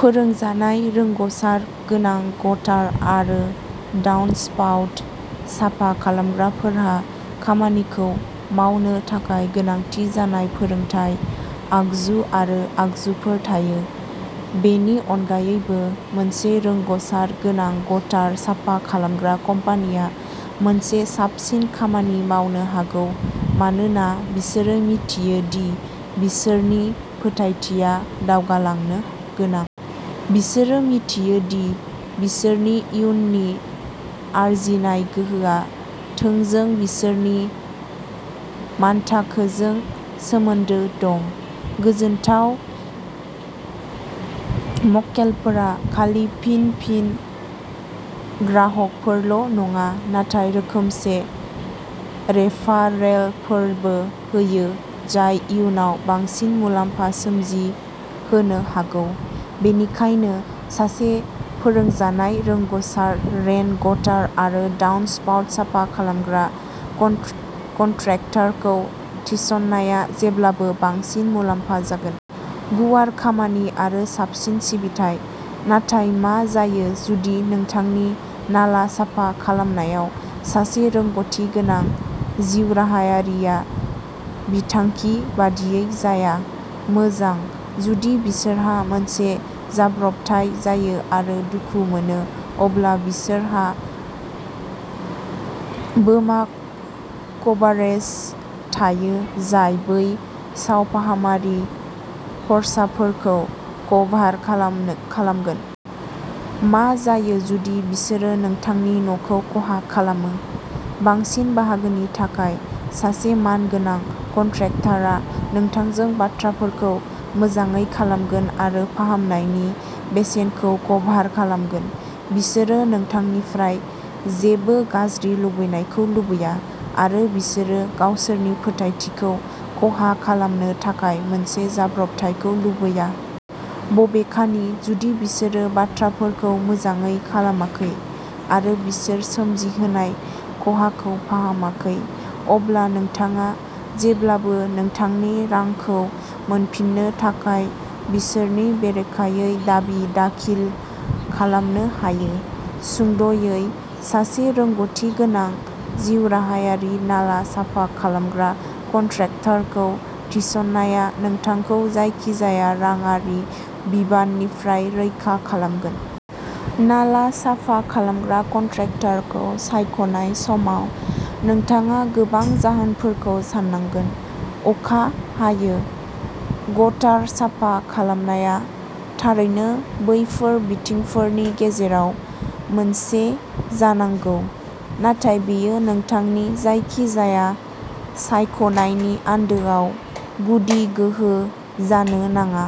फोरोंजानाय रोंग'सार गोनां गटार आरो डाउनस्पाउट साफा खालामग्राफोरहा खामानिखौ मावनो थाखाय गोनांथि जानाय फोरोंथाय, आगजु आरो आगजुफोर थायो। बेनि अनगायैबो, मोनसे रोंग'सार गोनां गटार साफा खालामग्रा कम्पानिया मोनसे साबसिन खामानि मावनो हागौ मानोना बिसोरो मिथियो दि बिसोरनि फोथायथिआ दावगालांनो गोनां। बिसोरो मिथियो दि बिसोरनि इयुननि आरजिनाय गोहोआ थोंजों बिसोरनि मानथाखोजों सोमोन्दो दं। गोजोनथाव मक्केलफोरा खालि फिन-फिन ग्राहकफोरल'नङा, नाथाय रोखोमसे रेफारेलफोरबो होयो जाय इयुनाव बांसिन मुलाम्फा सोमजिहोनो हागौ। बेनिखायनो, सासे फोरोंजानाय रोंग'सार रेन गटार आरो डाउनस्पाउट साफा खालामग्रा कन्ट्रेक्टरखौ थिसननाया जेब्लाबो बांसिन मुलाम्फा जागोन। गुवार खामानि आरो साबसिन सिबिथाइ। नाथाय मा जायो जुदि नोंथांनि नाला साफा खालामनायाव सासे रोंग'थि गोनां जिउराहायारिआ बिथांखि बादियै जाया? मोजां, जुदि बिसोरहा मोनसे जाब्रबथाय जायो आरो दुखु मोनो अब्ला बिसोरहा बीमा कभारेज थायो जाय बै सावफाहामारि खर्साफोरखौ कभार खालामगोन। मा जायो जुदि बिसोरो नोंथांनि न'खौ खहा खालामो? बांसिन बाहागोनि थाखाय, सासे मानगोनां कन्ट्राक्टरआ नोंथांजों बाथ्राफोरखौ मोजाङै खालामगोन आरो फाहामनायनि बेसेनखौ कभार खालामगोन। बिसोरो नोंथांनिफ्राय जेबो गाज्रि लुबैनायखौ लुबैया, आरो बिसोरो गावसोरनि फोथायथिखौ खहा खालामनो थाखाय मोनसे जाब्रबथायखौ लुबैया। बबेखानि जुदि बिसोरो बाथ्राफोरखौ मोजाङै खालामाखै आरो बिसोर सोमजिहोनाय खहाखौ फाहामाखै, अब्ला नोंथाङा जेब्लाबो नोंथांनि रांखौ मोनफिननो थाखाय बिसोरनि बेरेखायै दाबि दाखिल खालामनो हायो। सुंद'यै, सासे रोंग'थिगोनां जिउराहायारि नाला साफा खालामग्रा कन्ट्राक्टरखौ थिसननाया नोंथांखौ जायखिजाया रांआरि बिबाननिफ्राय रैखा खालामगोन। नाला साफा खालामग्रा कन्ट्राक्टरखौ सायख'नाय समाव नोंथाङा गोबां जाहोनफोरखौ साननांगोन। अखा हायो। गटार साफा खालामनाया थारैनो बैफोर बिथिंफोरनि गेजेराव मोनसे जानांगौ, नाथाय बेयो नोंथांनि जायखिजाया सायख'नायनि आन्दोआव गुदि गोहो जानो नाङा।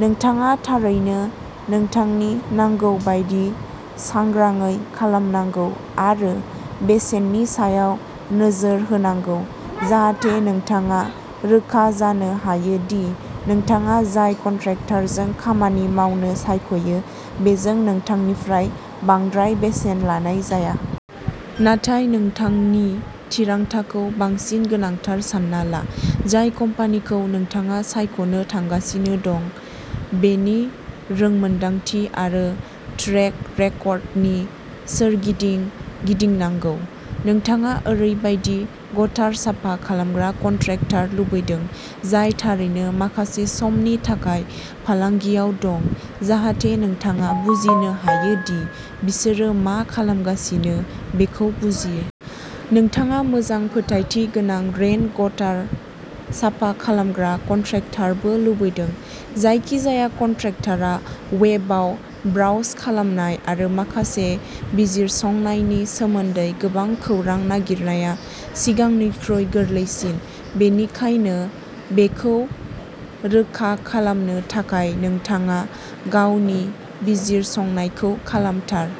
नोंथाङा थारैनो नोंथांनि नांगौ बायदि सांग्राङै खालामनांगौ आरो बेसेननि सायाव नोजोर होनांगौ जाहाथे नोंथाङा रोखा जानो हायो दि नोंथाङा जाय कन्ट्राक्टरजों खामानि मावनो सायख'यो, बेजों नोंथांनिफ्राय बांद्राय बेसेन लानाय जाया। नाथाय नोंथांनि थिरांथाखौ बांसिन गोनांथार सानना ला, जाय कम्पानिखौ नोंथाङा सायख'नो थांगासिनो दं, बेनि रोंमोनदांथि आरो ट्रेक रेकर्डनि सोरगिदिं गिदिंनांगौ। नोंथाङा ओरैबायदि गटार साफा खालामग्रा कन्ट्राक्टर लुबैदों, जाय थारैनो माखासे समनि थाखाय फालांगियाव दं, जाहाथे नोंथाङा बुजिनो हायो दि बिसोरो मा खालामगासिनो बेखौ बुजियो। नोंथाङा मोजां फोथायथि गोनां रेन गटार साफा खालामग्रा कन्ट्राक्टरबो लुबैदों। जायखिजाया कन्ट्राक्टरआ वेबआव ब्राउज खालामनाय आरो माखासे बिजिरसंनायनि सोमोन्दै गोबां खौरां नागिरनाया सिगांनिख्रुइ गोरलैसिन। बेनिखायनो, बेखौ रोखा खालामनो थाखाय नोंथाङा गावनि बिजिरसंनायखौ खालामथार।